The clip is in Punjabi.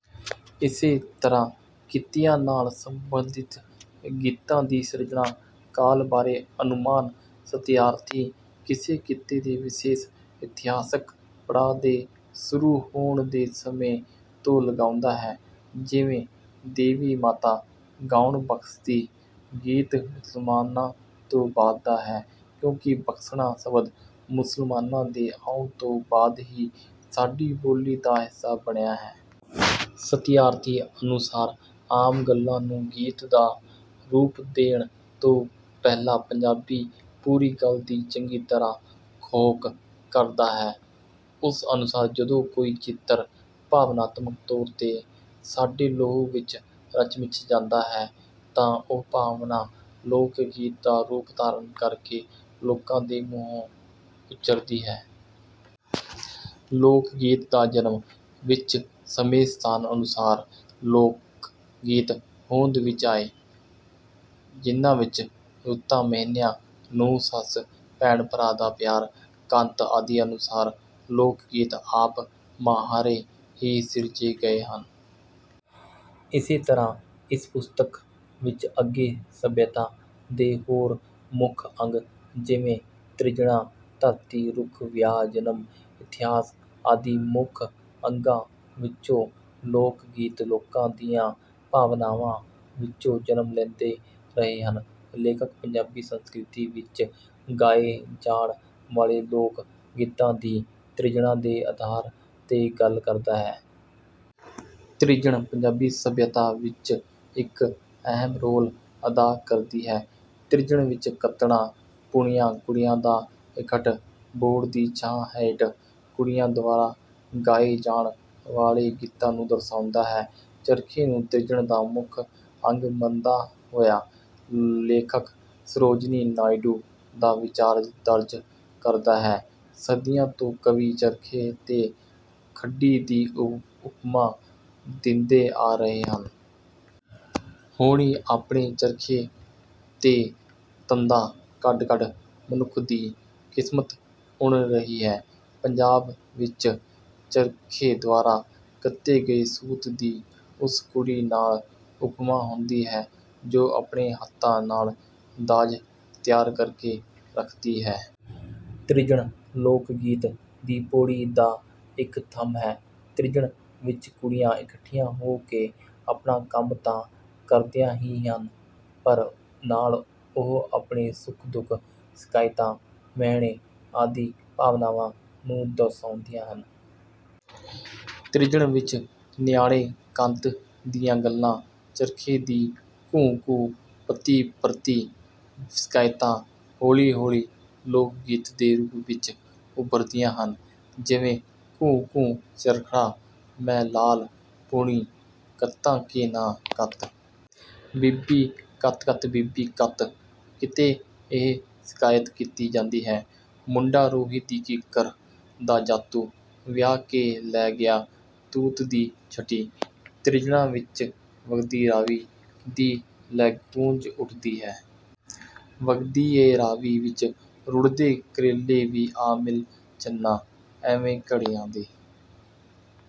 ਇਸੇ ਤਰ੍ਹਾਂ ਕਿੱਤਿਆਂ ਨਾਲ ਸੰਬੰਧਿਤ ਗੀਤਾਂ ਦੀ ਸਿਰਜਣਾ ਕਾਲ ਬਾਰੇ ਅਨੁਮਾਨ ਸਤਿਆਰਥੀ ਕਿਸੇ ਕਿੱਤੇ ਦੇ ਵਿਸ਼ੇਸ਼ ਇਤਿਹਾਸਿਕ ਪੜਾਅ ਤੇ ਸ਼ੁਰੂ ਹੋਣ ਦੇ ਸਮੇਂ ਤੋਂ ਲਗਾਉਂਦਾ ਹੈ। ਜਿਵੇਂ "ਦੇਵੀ ਮਾਤਾ ਗਾਉਣ ਬਖ਼ਸ਼ਦੀ" ਗੀਤ ਮੁਸਲਮਾਨਾਂ ਤੋਂ ਬਾਅਦ ਦਾ ਹੈ ਕਿਉਂਕਿ 'ਬਖ਼ਸ਼ਣਾ' ਸ਼ਬਦ ਮੁਸਲਮਾਨਾਂ ਦੇ ਆਉਣ ਤੋਂ ਬਾਅਦ ਹੀ ਸਾਡੀ ਬੋਲੀ ਦਾ ਹਿੱਸਾ ਬਣਿਆ ਹੈ। ਸਤਿਆਰਥੀ ਅਨੁਸਾਰ ਆਮ ਗੱਲਾਂ ਨੂੰ ਗੀਤ ਦਾ ਰੂਪ ਦੇਣ ਤੋਂ ਪਹਿਲਾਂ ਪੰਜਾਬੀ ਪੂਰੀ ਗੱਲ ਦੀ ਚੰਗੀ ਤਰ੍ਹਾਂ ਘੋਖ ਕਰਦਾ ਹੈ। ਉਸ ਅਨੁਸਾਰ ਜਦੋਂ ਕੋਈ ਚਿੱਤਰ ਭਾਵਨਾਤਮਕ ਤੌਰ ਤੇ ਸਾਡੇ ਲਹੂ ਵਿੱਚ ਰਚ ਮਿਚ ਜਾਂਦਾ ਹੈ, ਤਾਂ ਉਹ ਭਾਵਨਾ ਲੋਕ ਗੀਤ ਦਾ ਰੂਪ ਧਾਰਨ ਕਰਕੇ ਲੋਕਾਂ ਦੇ ਮੂੰਹਾਂ ਉਚਰਦੀ ਹੈ। "ਲੋਕ ਗੀਤ ਦਾ ਜਨਮ" ਵਿੱਚ ਸਮੇਂ ਸਥਾਨ ਅਨੁਸਾਰ ਲੋਕ ਗੀਤ ਹੋਂਦ ਵਿੱਚ ਆਏ, ਜਿਨ੍ਹਾਂ ਵਿੱਚ ਰੁੱਤਾਂ, ਮਹੀਨਿਆਂ, ਨੂੰਹ ਸੱਸ, ਭੈਣ ਭਰਾ ਦਾ ਪਿਆਰ, ਕੰਤ ਆਦਿ ਅਨੁਸਾਰ ਲੋਕ ਗੀਤ ਆਪ ਮਹਾਰੇ ਹੀ ਸਿਰਜੇ ਗਏ ਹਨ। ਇਸ ਤਰ੍ਹਾਂ ਇਸ ਪੁਸਤਕ ਵਿੱਚ ਅੱਗੇ ਸੱਭਿਅਤਾ ਦੇ ਹੋਰ ਮੁੱਖ ਅੰਗ ਜਿਵੇਂ ਤ੍ਰਿਜਣਾਂ, ਧਰਤੀ, ਰੁੱਖ, ਵਿਆਹ, ਜਨਮ, ਇਤਿਹਾਸ ਆਦਿ ਮੁੱਖ ਅੰਗਾਂ ਵਿੱਚੋਂ ਲੋਕ ਗੀਤ ਲੋਕਾਂ ਦੀਆਂ ਭਾਵਨਾਵਾਂ ਵਿੱਚੋਂ ਜਨਮ ਲੈਂਦੇ ਰਹੇ ਹਨ। ਲੇਖਕ ਪੰਜਾਬੀ ਸੰਸਕ੍ਰਿਤੀ ਵਿੱਚ ਗਾਏ ਜਾਣ ਵਾਲੇ ਲੋਕ ਗੀਤਾਂ ਦੀ ਤ੍ਰਿਜਣਾਂ ਦੇ ਆਧਾਰ ਤੇ ਗੱਲ ਕਰਦਾ ਹੈ। ਤ੍ਰਿਜਣ ਪੰਜਾਬੀ ਸੱਭਿਅਤਾ ਵਿੱਚ ਇੱਕ ਅਹਿਮ ਰੋਲ ਅਦਾ ਕਰਦੀ ਹੈ। ਤ੍ਰਿਜਣ ਵਿੱਚ ਕੱਤਣਾ, ਪੂਣੀਆਂ, ਕੁੜੀਆਂ ਦਾ ਇਕੱਠ, ਬੋਹੜ ਦੀ ਛਾਂ ਹੇਠ ਕੁੜੀਆਂ ਦੁਆਰਾ ਗਾਏ ਜਾਣ ਵਾਲੇ ਗੀਤਾਂ ਨੂੰ ਦਰਸਾਉਂਦਾ ਹੈ। ਚਰਖੇ ਨੂੰ ਤ੍ਰਿਜਣ ਦਾ ਮੁੱਖ ਅੰਗ ਮੰਨਦਾ ਹੋਇਆ ਲੇਖਕ ਸਰੋਜਨੀ ਨਾਇਡੂ ਦਾ ਵਿਚਾਰ ਦਰਜ ਕਰਦਾ ਹੈ: "ਸਦੀਆਂ ਤੋਂ ਕਵੀ ਚਰਖੇ ਤੇ ਖੱਡੀ ਦੀ ਉਪਮਾ ਦਿੰਦੇ ਆ ਰਹੇ ਹਨ। ਹੋਣੀ ਆਪਣੇ ਚਰਖੇ ਤੇ ਤੰਦਾਂ ਕੱਢ ਕੱਢ ਮਨੁੱਖ ਦੀ ਕਿਸਮਤ ਉਣ ਰਹੀ ਹੈ।" ਪੰਜਾਬ ਵਿੱਚ ਚਰਖੇ ਦੁਆਰਾ ਕੱਤੇ ਗਏ ਸੂਤ ਦੀ ਉਸ ਕੁੜੀ ਨਾਲ ਉਪਮਾ ਹੁੰਦੀ ਹੈ ਜੋ ਆਪਣੇ ਹੱਥਾਂ ਨਾਲ ਦਾਜ ਤਿਆਰ ਕਰਕੇ ਰੱਖਦੀ ਹੈ। ਤ੍ਰਿਜਣ ਲੋਕ ਗੀਤ ਦੀ ਪੌੜੀ ਦਾ ਇੱਕ ਥੰਮ੍ਹ ਹੈ। ਤ੍ਰਿਜਣ ਵਿੱਚ ਕੁੜੀਆਂ ਇਕੱਠੀਆਂ ਹੋ ਕੇ ਆਪਣਾ ਕੰਮ ਤਾਂ ਕਰਦੀਆਂ ਹੀ ਹਨ, ਪਰ ਨਾਲ ਉਹ ਆਪਣੇ ਸੁੱਖ ਦੁੱਖ, ਸ਼ਿਕਾਇਤਾਂ, ਮੇਹਣੇ ਆਦਿ ਭਾਵਨਾਵਾਂ ਨੂੰ ਦਰਸਾਉਂਦੀਆਂ ਹਨ। ਤ੍ਰਿਜਣ ਵਿੱਚ ਨਿਆਣੇ ਕੰਤ ਦੀਆਂ ਗੱਲਾਂ, ਚਰਖੇ ਦੀ ਘੂੰ ਘੂੰ, ਪਤੀ ਪ੍ਰਤੀ ਸ਼ਿਕਾਇਤਾਂ ਹੌਲੀ ਹੌਲੀ ਲੋਕ ਗੀਤ ਦੇ ਰੂਪ ਵਿੱਚ ਉਭਰਦੀਆਂ ਹਨ। ਜਿਵੇਂ "ਘੂੰ ਘੂੰ ਚਰਖੜਾ ਮੈਂ ਲਾਲ ਪੂਣੀ ਕੱਤਾਂ ਕਿ ਨਾਂ, ਕੱਤ ਬੀਬੀ ਕੱਤ ਕੱਤ ਬੀਬੀ ਕੱਤ" ਕਿਤੇ ਇਹ ਸ਼ਿਕਾਇਤ ਕੀਤੀ ਜਾਂਦੀ ਹੈ: "ਮੁੰਡਾ ਰੋਹੀ ਦੀ ਕਿੱਕਰ ਦਾ ਜਾਤੂ, ਵਿਆਹ ਕੇ ਲੈ ਗਿਆ ਤੂਤ ਦੀ ਛਟੀ" ਤ੍ਰਿਜਣਾਂ ਵਿੱਚ 'ਵਗਦੀ ਰਾਵੀ' ਦੀ ਲੈ ਗੂੰਜ ਉੱਠਦੀ ਹੈ: "ਵਗਦੀ ਏ ਰਾਵੀ ਵਿੱਚ ਰੁੜ੍ਹਦੇ ਕਰੇਲੇ ਵੇ ਆ ਮਿਲ ਚੰਨਾ" ਐਵੇਂ ਘੜੀਆਂ ਦੇ